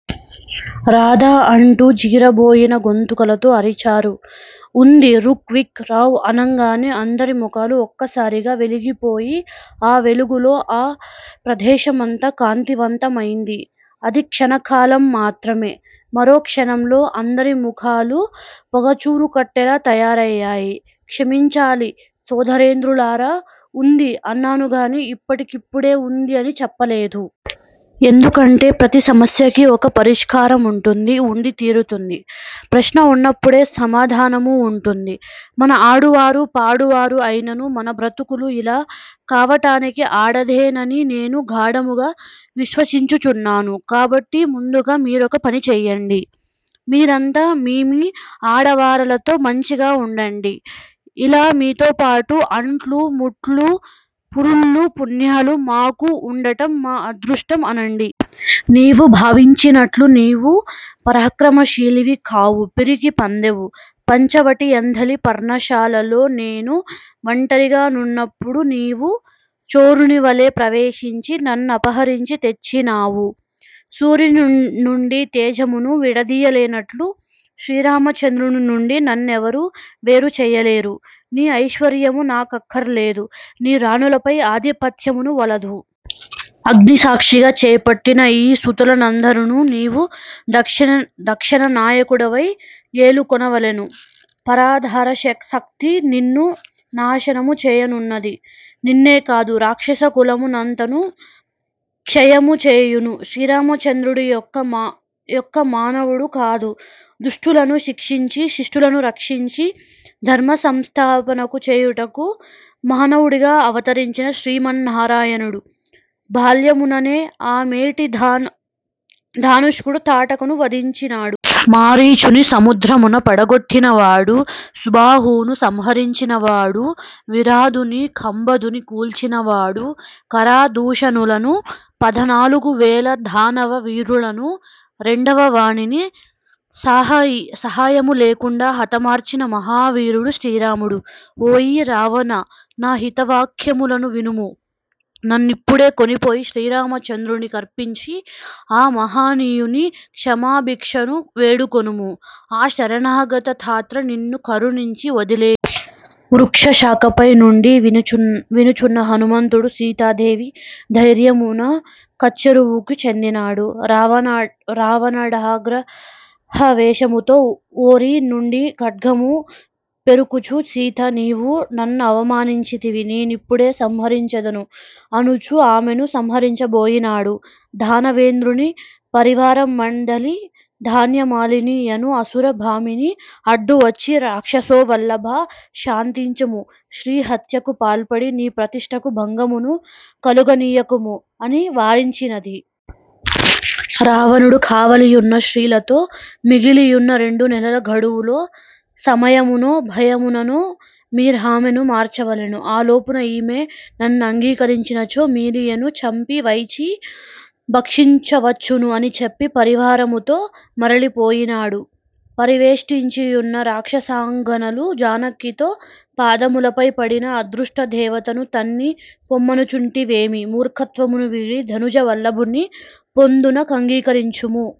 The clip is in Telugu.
రాదా! అంటూ జీరబోయిన గొంతుకలతో అరిచారు. ఉంది రుక్ విక్ రావు అనంగానే అందరి ముఖాలు ఒక్కసారిగా వెలిగిపోయి ఆ వెలుగులో ఆ ప్రదేశమంతా కాంతివంతమైంది. అది క్షణకాలం మాత్రమే. మరో క్షణంలో అందరి ముఖాలూ పొగచూరుకట్టెల్లా తయారయ్యాయి. క్షమించాలి సోదరేంద్రులారా! వుంది అన్నానుగాని ఇప్పటికిప్పుడే వుంది అని చెప్పలేదు. ఎందుకంటే ప్రతిసమస్యకి ఒక పరిష్కారముంటుంది వుండి తీరుతుంది. ప్రశ్న వున్నప్పుడే సమాధానమూ వుంటుంది. మన ఆడువారు పాడువారు అయినను మన బ్రతుకులు యిలా కావటానికి ఆడదేనని నేను గాఢముగా విశ్వసించుచున్నాను కాబట్టి ముందుగా మీరొక పని చెయ్యండి. మీరంతా మీమీ ఆడవారలతో మంచిగా వుండండి. ఇలా మీతో పాటు అంట్లు-ముట్లు పురుళ్ళు పుణ్యాలూ మాకు వుండటం మా అదృష్టం అనండి. నీవు భావించున్నట్లు నీవు పరాక్రమశీలివి కావు; పిరికిపందవు! పంచవటి యందలి పర్ణశాలలో నేను ఒంటరిగా నున్నప్పుడు నీవు చోరుని వలె ప్రవేశించి నన్నపహరించి తెచ్చినావు! సూర్యుని నుండి తేజమును విడదీయలేనట్లు శ్రీరామచంద్రుని నుండి నన్నెవరు వేరు చేయలేరు. నీ ఐశ్వర్యము నాకక్కరలేదు. నీ రాణులపై ఆధిపత్యమును వలదు. అగ్నిసాక్షిగ చేపట్టిన ఆ సుతులనందరనూ నీవు దక్షిణ నాయకుడవై ఏలుకొనవలెను పరదారాసక్తి నిన్ను నాశనము చేయనున్నది. నిన్నే కాదు, రాక్షస కులము నంతను క్షయముచేయును. శ్రీరామచంద్రుడు ఒక్క మానవుడు కాదు; దుష్టులను శిక్షించి, శిష్టులను రక్షించి ధర్మ సంస్థాపకము చేయుటకు మానవుడుగా అవతరించిన శ్రీమన్నారాయణుడు! బాల్యముననే ఆ మేటి ధానుష్కుడు తాటకను వధించినాడు. మారీచుని సముద్రమున పడగొట్టినవాడు. సుబాహువును సంహారించినవాడు. విరాధునీ కంబధునీ కూల్చినవాడు. ఖరదూషణులనూ పదునాలుగువేల దానవ వీరులనూ రెండవవాని సాహాయ్యము లేకుండ హతమార్చిన మహావీరుడు శ్రీరాముడు! ఓయీ రావణా నా హిత వాక్యములను వినుము. నన్నిప్పుడే కొనిపోయి శ్రీరామచంద్రుని కర్పించి ఆ మహనీయుని క్షమాభిక్షణు వేడుకొనుము. ఆ శరణాగత త్రాత నిన్ను కరుణించి వదలివేయును. వృక్షశాఖపై నుండి వినుచున్న హనుమంతుడు సీతాదేవి ధైర్యమున కచ్చెరువుకు చెందినాడు. రావణుడాగ్రహావేశముతో ఒఱ్ఱి నుండి ఖడ్గము పెఱుకుచూ సీతా, నీవు నన్నవమానించితివి! నిన్నిప్పుడే సంహరించెదను! అనుచు ఆమెను సంహరించబోయినాడు. దానవేంద్రుని పరివారమందలి 'ధాన్యమాలిని' యను అసుర భామిని అడ్డువచ్చి రక్షోవల్లభా శాంతించుము, స్త్రీ హత్యకు పాల్పడి నీ ప్రతిష్ఠకు భంగమును కలుగనీయకుము అని వారించినది. రావణుడు కావలియున్న స్త్రీలతో, మిగిలియున్న రెండు నెలల గడువులో సమయముననో భయముననో మీరామెను మార్చవలెను. ఆలోపున ఈమె నన్నంగీకరించనిచో మీరీమెను చంపి వైచి భక్షించవచ్చును అని చెప్పి పరివారముతో మరలిపోయినాడు. పరివేష్టించియున్న రాక్షసాంగనలు జానకితో పాదములపై పడిన అదృష్ట దేవతను తన్ని పొమ్మనుచుంటివేమి? మూర్ఖత్వమును వీడి దనుజ వల్లభుని పొందునకంగీకరించుము.